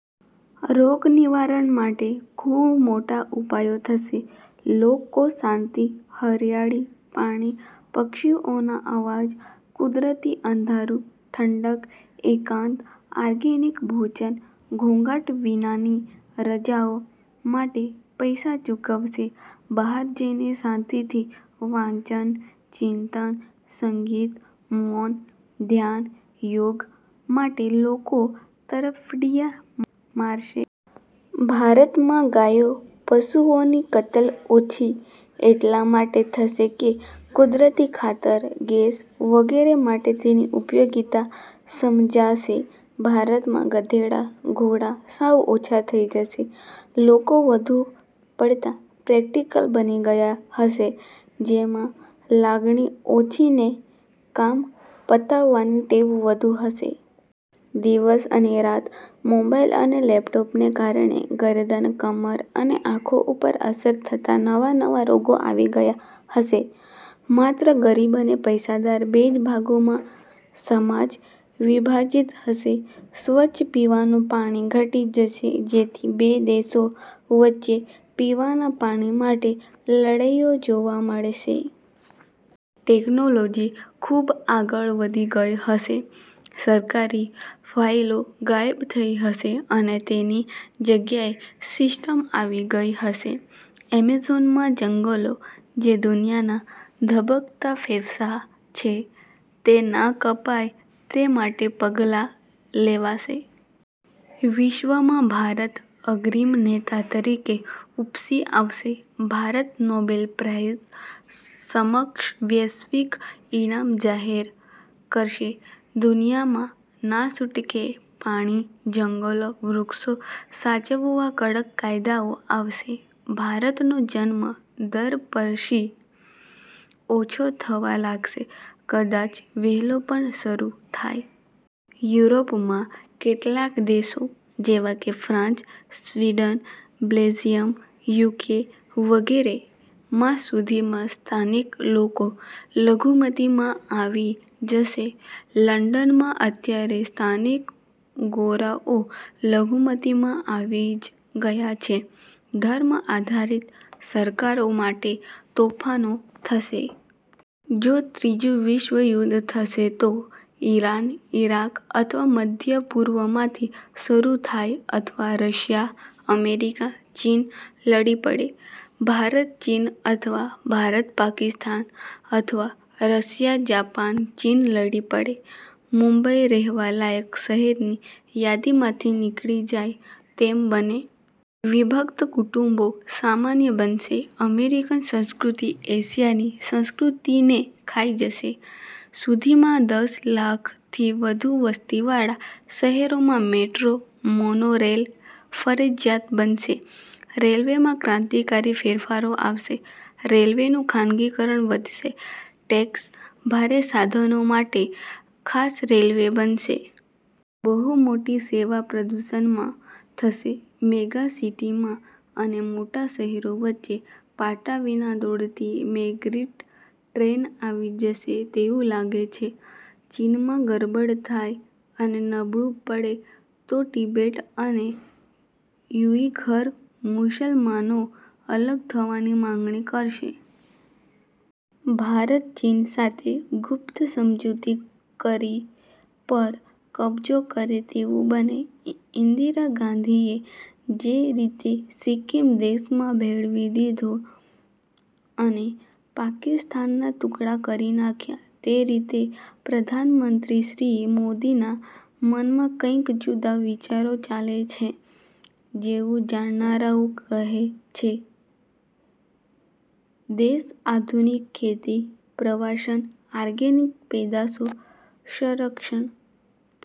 રોગ નિવારણ માટે ખૂબ મોટા ઉપાયો થશે. લોકો શાંતિ, હરિયાળી, પાણી, પક્ષીઓના અવાજ, કુદરતી અંધારું, ઠંડક, એકાંત, ઓર્ગેનિક ભોજન, ઘોંઘાટ વિનાની રજાઓ માટે પૈસા ચૂકવશે. બહાર જઈ શાંતિથી વાંચન, ચિંતન, સંગીત, મૌન, ધ્યાન, યોગ માટે લોકો તરફડીયા મારશે. ભારત માં ગાયો, પશુઓની કતલ ઓછી એટલા માટે થશે કે કુદરતી ખાતર, ગેસ, વગેરે માટે તેની ઉપયોગીતા સમજાશે. ભારતમાં ગધેડા, ઘોડા સાવ ઓછા થઈ જશે. લોકો વધુ પડતા પ્રેક્ટિકલ બની ગયા હશે જેમાં લાગણી ઓછીને કામ પતાવવાની ટેવ વધુ હશે. દિવસ અને રાત મોબાઈલ અને લેપટોપને કારણે ગરદન, કમર અને આંખો ઉપર અસર થતા નવા નવા રોગો આવી ગયા હશે. માત્ર ગરીબ અને પૈસાદાર બે જ ભાગોમાં સમાજ વિભાજિત હશે. સ્વચ્છ પીવાનું પાણી ઘટી જશે જેથી બે દેશો વચ્ચે પીવાના પાણી માટે લડાઈઓ જોવા મળશે. ટેકનોલોજી ખૂબ આગળ વધી ગઈ હશે. સરકારી ફાઈલો ગાયબ થઈ હશે અને તેની જગ્યાએ સિસ્ટમ આવી ગઈ હશે. અમેઝોનમાં જંગલો, જે દુનિયાના ધબકતા ફેફસા છે, તે ના કપાય તે માટે પગલાં લેવાશે. વિશ્વમાં ભારત અગ્રીમ નેતા તરીકે ઉપસી આવશે. ભારત નોબેલ પ્રાઇઝ સમકક્ષ વૈશ્વિક ઈનામ જાહેર કરશે. દુનિયામાં, નાછૂટકે, પાણી, જંગલો, વૃક્ષો સાચવવા કડક કાયદાઓ આવશે. ભારતનો જન્મ દર પછી ઓછો થવા લાગશે. કદાચ વહેલો પણ શરૂ થાય. યુરોપ માં કેટલાક દેશો જેવાકે ફ્રાન્સ, સ્વીડન, બેલ્જિયમ, યુકે વગેરે માં સુધીમાં સ્થાનિક લોકો લઘુમતી માં આવી જશે. લંડનમાં અત્યારે સ્થાનિક ગોરાઓ લઘુમતીમાં આવી જ ગયા છે. ધર્મ આધારિત સરકારો માટે તોફાનો થશે. જો ત્રીજું વિશ્વ યુધ્ધ થશે તો ઈરાન, ઈરાક અથવા મધ્ય પૂર્વ માંથી શરૂ થાય અથવા રશિયા, અમેરિકા, ચીન લડી પડે. ભારત, ચીન, અથવા ભારત- પાકિસ્તાન અથવા રશિયા, જાપાન, ચીન લડી પડે. મુંબઈ રહેવા લાયક શહેરની યાદીમાંથી નીકળી જાય તેમ બને. વિભક્ત કુટુંબો સામાન્ય બનશે. અમેરિકન સંસ્કૃતિ એશિયાની સંસ્કૃતીને ખાઈ જશે. સુધીમાં દસ લાખ થી વધુ વસ્તી વાળા શહેરોમાં મેટ્રો, મોનો રેલ ફરજિયાત બનશે. રેલ્વે માં ક્રાંતિકારી ફેરફારો આવશે. રેલવે નું ખાનગીકરણ વધશે. ટટેક્સ, ભારે સાધનો માટે ખાસ રેલ્વે બનશે. બહુ મોટી સેવા પ્રદૂષણમાં થશે. મેગા સિટી માં અને મોટા શહેરો વચ્ચે પાટા વિના દોડતી મેગ્નેટિક ટ્રેન આવી જશે તેવું લાગે છે. ચીનમાં ગરબડ થાય અને નબળુ પડે તો તિબેટ અને યુઈઘર મુસલમાનો અલગ થવાની માગણી કરશે. ભારત ચીન સાથે ગુપ્ત સમજૂતી કરી પર કબજો કરે તેવું બને. ઇન્દિરા ગાંધીએ જે રીતે સિક્કિમ દેશમાં ભેળવી દીધું અને પાકિસ્તાન ના ટુકડા કરી નાખ્યાં તે રીતે પ્રધાન મંત્રી શ્રી મોદીના મનમાં કંઇક જુદા વિચારો ચાલે છે તેવું જાણકારો કહે છે. દેશ આધુનિક ખેતી, પ્રવાસન, ઓર્ગેનિક પેદાશો, સંરક્ષણ